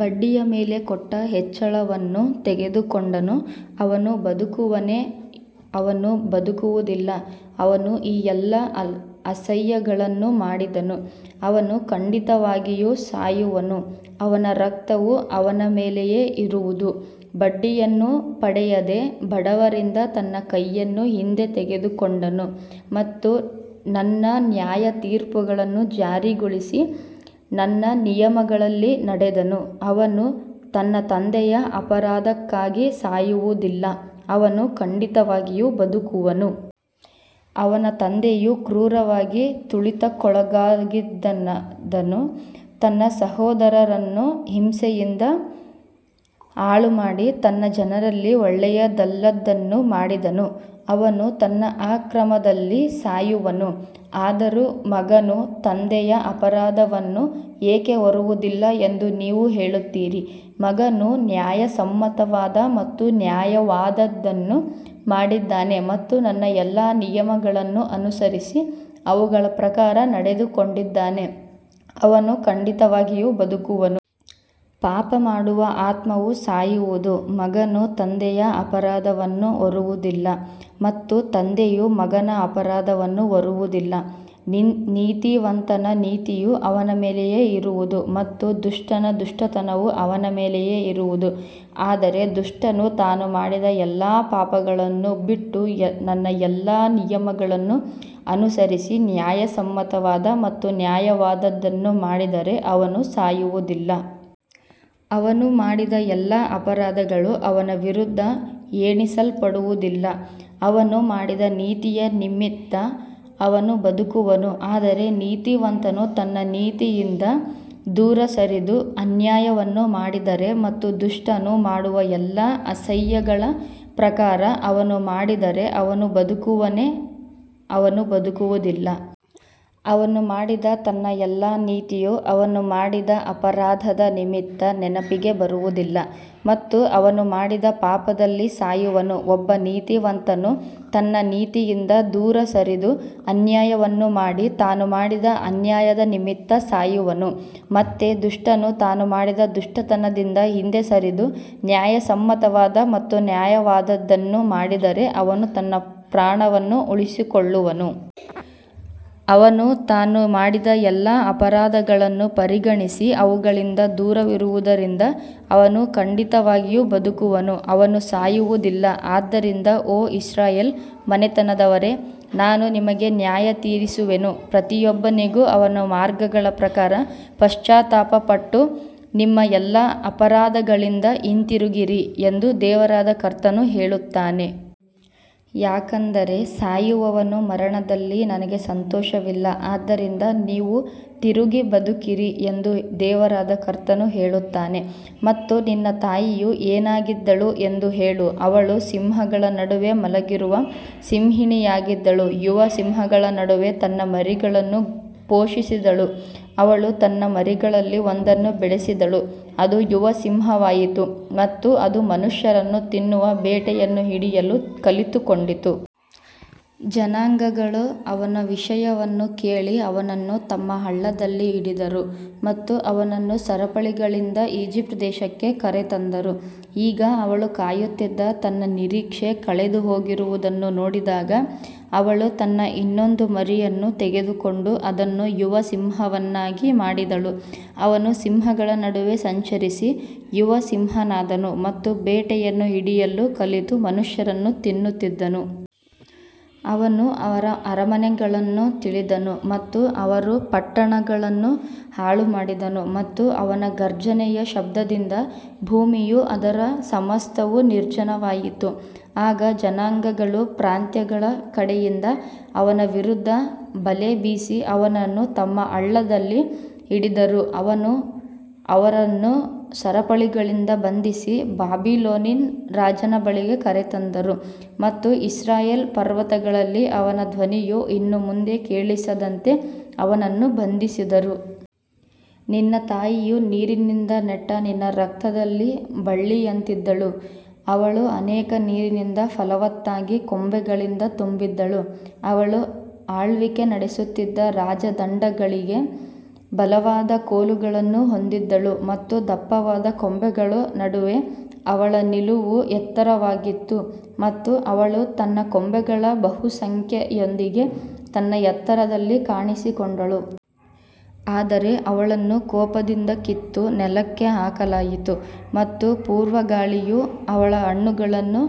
ಬಡ್ಡಿಯ ಮೇಲೆ ಕೊಟ್ಟು ಹೆಚ್ಚಳವನ್ನು ತೆಗೆದುಕೊಂಡನು, ಅವನು ಬದುಕುವನೇ, ಅವನು ಬದುಕುವುದಿಲ್ಲ. ಅವನು ಈ ಎಲ್ಲಾ ಅಸಹ್ಯಗಳನ್ನು ಮಾಡಿದನು, ಅವನು ಖಂಡಿತವಾಗಿಯೂ ಸಾಯುವನು, ಅವನ ರಕ್ತವು ಅವನ ಮೇಲೆಯೇ ಇರುವುದು. ಬಡ್ಡಿಯನ್ನು ಪಡೆಯದೆ ಬಡವರಿಂದ ತನ್ನ ಕೈಯನ್ನು ಹಿಂದೆ ತೆಗೆದುಕೊಂಡನು ಮತ್ತು ನನ್ನ ನ್ಯಾಯತೀರ್ಪುಗಳನ್ನು ಜಾರಿಗೊಳಿಸಿ ನನ್ನ ನಿಯಮಗಳಲ್ಲಿ ನಡೆದನು, ಅವನು ತನ್ನ ತಂದೆಯ ಅಪರಾಧಕ್ಕಾಗಿ ಸಾಯುವುದಿಲ್ಲ, ಅವನು ಖಂಡಿತವಾಗಿಯೂ ಬದುಕುವನು. ಅವನ ತಂದೆಯು ಕ್ರೂರವಾಗಿ ತುಳಿತಕ್ಕೊಳಗಾದವನಾಗಿದ್ದು, ತನ್ನ ಸಹೋದರನನ್ನು ಹಿಂಸೆಯಿಂದ ಹಾಳುಮಾಡಿ ತನ್ನ ಜನರಲ್ಲಿ ಒಳ್ಳೆಯದಲ್ಲದ್ದನ್ನು ಮಾಡಿದನು, ಅವನು ತನ್ನ ಅಕ್ರಮದಲ್ಲಿ ಸಾಯುವನು. ಆದರೂ ಮಗನು ತಂದೆಯ ಅಪರಾಧವನ್ನು ಏಕೆ ಹೊರುವುದಿಲ್ಲ ಎಂದು ನೀವು ಹೇಳುತ್ತೀರಿ. ಮಗನು ನ್ಯಾಯಸಮ್ಮತವಾದ ಮತ್ತು ನ್ಯಾಯವಾದದ್ದನ್ನು ಮಾಡಿದ್ದಾನೆ ಮತ್ತು ನನ್ನ ಎಲ್ಲಾ ನಿಯಮಗಳನ್ನು ಅನುಸರಿಸಿ ಅವುಗಳ ಪ್ರಕಾರ ನಡೆದುಕೊಂಡಿದ್ದಾನೆ, ಅವನು ಖಂಡಿತವಾಗಿಯೂ ಬದುಕುವನು. ಪಾಪ ಮಾಡುವ ಆತ್ಮವು ಸಾಯುವುದು. ಮಗನು ತಂದೆಯ ಅಪರಾಧವನ್ನು ಹೊರುವುದಿಲ್ಲ ಮತ್ತು ತಂದೆಯು ಮಗನ ಅಪರಾಧವನ್ನು ಹೊರುವುದಿಲ್ಲ. ನೀತಿವಂತನ ನೀತಿಯು ಅವನ ಮೇಲೆಯೇ ಇರುವುದು ಮತ್ತು ದುಷ್ಟನ ದುಷ್ಟತನವು ಅವನ ಮೇಲೆಯೇ ಇರುವುದು. ಆದರೆ ದುಷ್ಟನು ತಾನು ಮಾಡಿದ ಎಲ್ಲಾ ಪಾಪಗಳನ್ನು ಬಿಟ್ಟು ನನ್ನ ಎಲ್ಲಾ ನಿಯಮಗಳನ್ನು ಅನುಸರಿಸಿ ನ್ಯಾಯಸಮ್ಮತವಾದ ಮತ್ತು ನ್ಯಾಯವಾದದ್ದನ್ನು ಮಾಡಿದರೆ ಅವನು ಸಾಯುವುದಿಲ್ಲ. ಅವನು ಮಾಡಿದ ಎಲ್ಲಾ ಅಪರಾಧಗಳು ಅವನ ವಿರುದ್ಧ ಎಣಿಸಲ್ಪಡುವುದಿಲ್ಲ, ಅವನು ಮಾಡಿದ ನೀತಿಯ ನಿಮಿತ್ತ ಅವನು ಬದುಕುವನು. ಆದರೆ ನೀತಿವಂತನು ತನ್ನ ನೀತಿಯಿಂದ ದೂರ ಸರಿದು ಅನ್ಯಾಯವನ್ನು ಮಾಡಿದರೆ ಮತ್ತು ದುಷ್ಟನು ಮಾಡುವ ಎಲ್ಲಾ ಅಸಹ್ಯಗಳ ಪ್ರಕಾರ ಅವನು ಮಾಡಿದರೆ, ಅವನು ಬದುಕುವನೇ, ಅವನು ಬದುಕುವುದಿಲ್ಲ. ಅವನು ಮಾಡಿದ ತನ್ನ ಎಲ್ಲಾ ನೀತಿಯು ಅವನು ಮಾಡಿದ ಅಪರಾಧದ ನಿಮಿತ್ತ ನೆನಪಿಗೆ ಬರುವುದಿಲ್ಲ ಮತ್ತು ಅವನು ಮಾಡಿದ ಪಾಪದಲ್ಲಿ ಸಾಯುವನು. ಒಬ್ಬ ನೀತಿವಂತನು ತನ್ನ ನೀತಿಯಿಂದ ದೂರ ಸರಿದು ಅನ್ಯಾಯವನ್ನು ಮಾಡಿ ತಾನು ಮಾಡಿದ ಅನ್ಯಾಯದ ನಿಮಿತ್ತ ಸಾಯುವನು. ಮತ್ತೆ ದುಷ್ಟನು ತಾನು ಮಾಡಿದ ದುಷ್ಟತನದಿಂದ ಹಿಂದೆ ಸರಿದು ನ್ಯಾಯಸಮ್ಮತವಾದ ಮತ್ತು ನ್ಯಾಯವಾದದ್ದನ್ನು ಮಾಡಿದರೆ ಅವನು ತನ್ನ ಪ್ರಾಣವನ್ನು ಉಳಿಸಿಕೊಳ್ಳುವನು. ಅವನು ತಾನು ಮಾಡಿದ ಎಲ್ಲಾ ಅಪರಾಧಗಳನ್ನು ಪರಿಗಣಿಸಿ ಅವುಗಳಿಂದ ದೂರವಿರುವುದರಿಂದ ಅವನು ಖಂಡಿತವಾಗಿಯೂ ಬದುಕುವನು, ಅವನು ಸಾಯುವುದಿಲ್ಲ. ಆದ್ದರಿಂದ ಓ ಇಸ್ರಾಯೇಲ್ ಮನೆತನದವರೇ, ನಾನು ನಿಮಗೆ ನ್ಯಾಯತೀರಿಸುವೆನು, ಪ್ರತಿಯೊಬ್ಬನಿಗೂ ಅವನ ಮಾರ್ಗಗಳ ಪ್ರಕಾರ. ಪಶ್ಚಾತ್ತಾಪಪಟ್ಟು ನಿಮ್ಮ ಎಲ್ಲಾ ಅಪರಾಧಗಳಿಂದ ಹಿಂತಿರುಗಿರಿ ಎಂದು ದೇವರಾದ ಕರ್ತನು ಹೇಳುತ್ತಾನೆ. ಯಾಕಂದರೆ ಸಾಯುವವನ ಮರಣದಲ್ಲಿ ನನಗೆ ಸಂತೋಷವಿಲ್ಲ, ಆದ್ದರಿಂದ ನೀವು ತಿರುಗಿ ಬದುಕಿರಿ ಎಂದು ದೇವರಾದ ಕರ್ತನು ಹೇಳುತ್ತಾನೆ. ಮತ್ತು ನಿನ್ನ ತಾಯಿಯು ಏನಾಗಿದ್ದಳು ಎಂದು ಹೇಳು, ಅವಳು ಸಿಂಹಗಳ ನಡುವೆ ಮಲಗಿರುವ ಸಿಂಹಿಣಿಯಾಗಿದ್ದಳು, ಯುವ ಸಿಂಹಗಳ ನಡುವೆ ತನ್ನ ಮರಿಗಳನ್ನು ಪೋಷಿಸಿದಳು. ಅವಳು ತನ್ನ ಮರಿಗಳಲ್ಲಿ ಒಂದನ್ನು ಬೆಳೆಸಿದಳು, ಅದು ಯುವ ಸಿಂಹವಾಯಿತು ಮತ್ತು ಅದು ಮನುಷ್ಯರನ್ನು ತಿನ್ನುವ ಬೇಟೆಯನ್ನು ಹಿಡಿಯಲು ಕಲಿತುಕೊಂಡಿತು. ಜನಾಂಗಗಳು ಅವನ ವಿಷಯವನ್ನು ಕೇಳಿ ಅವನನ್ನು ತಮ್ಮ ಹಳ್ಳದಲ್ಲಿ ಹಿಡಿದರು ಮತ್ತು ಅವನನ್ನು ಸರಪಳಿಗಳಿಂದ ಈಜಿಪ್ಟ್ ದೇಶಕ್ಕೆ ಕರೆತಂದರು. ಈಗ ಅವಳು ಕಾಯುತ್ತಿದ್ದು, ತನ್ನ ನಿರೀಕ್ಷೆ ಕಳೆದುಹೋಗಿರುವುದನ್ನು ನೋಡಿದಾಗ, ಅವಳು ತನ್ನ ಇನ್ನೊಂದು ಮರಿಯನ್ನು ತೆಗೆದುಕೊಂಡು ಅದನ್ನು ಯುವ ಸಿಂಹವನ್ನಾಗಿ ಮಾಡಿದಳು. ಅವನು ಸಿಂಹಗಳ ನಡುವೆ ಸಂಚರಿಸಿ, ಯುವ ಸಿಂಹನಾದನು ಮತ್ತು ಬೇಟೆಯನ್ನು ಹಿಡಿಯಲು ಕಲಿತು ಮನುಷ್ಯರನ್ನು ತಿನ್ನುತ್ತಿದ್ದನು. ಅವನು ಅವರ ಅರಮನೆಗಳನ್ನು ತಿಳಿದನು ಮತ್ತು ಅವರ ಪಟ್ಟಣಗಳನ್ನು ಹಾಳುಮಾಡಿದನು ಮತ್ತು ಅವನ ಘರ್ಜನೆಯ ಶಬ್ದದಿಂದ ಭೂಮಿಯೂ ಅದರ ಸಮಸ್ತವೂ ನಿರ್ಜನವಾಯಿತು. ಆಗ ಜನಾಂಗಗಳು ಪ್ರಾಂತ್ಯಗಳ ಕಡೆಯಿಂದ ಅವನ ವಿರುದ್ಧ ಬಲೆ ಬೀಸಿ ಅವನನ್ನು ತಮ್ಮ ಹಳ್ಳದಲ್ಲಿ ಹಿಡಿದರು. ಅವರು ಅವನನ್ನು ಸರಪಳಿಗಳಲ್ಲಿ ಬಂಧಿಸಿ ಬಾಬಿಲೋನಿನ ರಾಜನ ಬಳಿಗೆ ಕರೆತಂದರು ಮತ್ತು ಇಸ್ರಾಯೇಲ್ ಪರ್ವತಗಳಲ್ಲಿ ಅವನ ಧ್ವನಿಯು ಇನ್ನು ಮುಂದೆ ಕೇಳಿಸದಂತೆ ಅವನನ್ನು ಬಂಧಿಸಿದರು. ನಿನ್ನ ತಾಯಿಯು ನೀರಿನಿಂದ ನೆಟ್ಟ ನಿನ್ನ ರಕ್ತದಲ್ಲಿ ಬಳ್ಳಿಯಂತಿದ್ದಳು, ಅವಳು ಅನೇಕ ನೀರಿನಿಂದ ಫಲವತ್ತಾಗಿ ಕೊಂಬೆಗಳಿಂದ ತುಂಬಿದ್ದಳು. ಅವಳು ಆಳ್ವಿಕೆ ನಡೆಸುತ್ತಿದ್ದ ರಾಜದಂಡಗಳಿಗೆ ಬಲವಾದ ಕೋಲುಗಳನ್ನು ಹೊಂದಿದ್ದಳು ಮತ್ತು ದಪ್ಪವಾದ ಕೊಂಬೆಗಳ ನಡುವೆ ಅವಳ ನಿಲುವು ಎತ್ತರವಾಗಿತ್ತು ಮತ್ತು ಅವಳು ತನ್ನ ಕೊಂಬೆಗಳ ಬಹುಸಂಖ್ಯೆಯೊಂದಿಗೆ ತನ್ನ ಎತ್ತರದಲ್ಲಿ ಕಾಣಿಸಿಕೊಂಡಳು. ಆದರೆ ಅವಳನ್ನು ಕೋಪದಿಂದ ಕಿತ್ತು ನೆಲಕ್ಕೆ ಹಾಕಲಾಯಿತು ಮತ್ತು ಪೂರ್ವಗಾಳಿಯು ಅವಳ ಹಣ್ಣುಗಳನ್ನು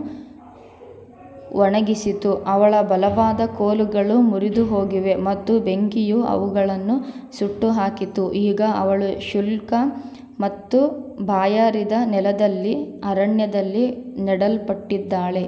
ಒಣಗಿಸಿತು, ಅವಳ ಬಲವಾದ ಕೋಲುಗಳು ಮುರಿದುಹೋಗಿವೆ ಮತ್ತು ಬೆಂಕಿಯು ಅವುಗಳನ್ನು ಸುಟ್ಟುಹಾಕಿತು. ಈಗ ಅವಳು ಶುಷ್ಕ ಮತ್ತು ಬಾಯಾರಿದ ನೆಲದಲ್ಲಿ ಅರಣ್ಯದಲ್ಲಿ ನೆಡಲ್ಪಟ್ಟಿದ್ದಾಳೆ.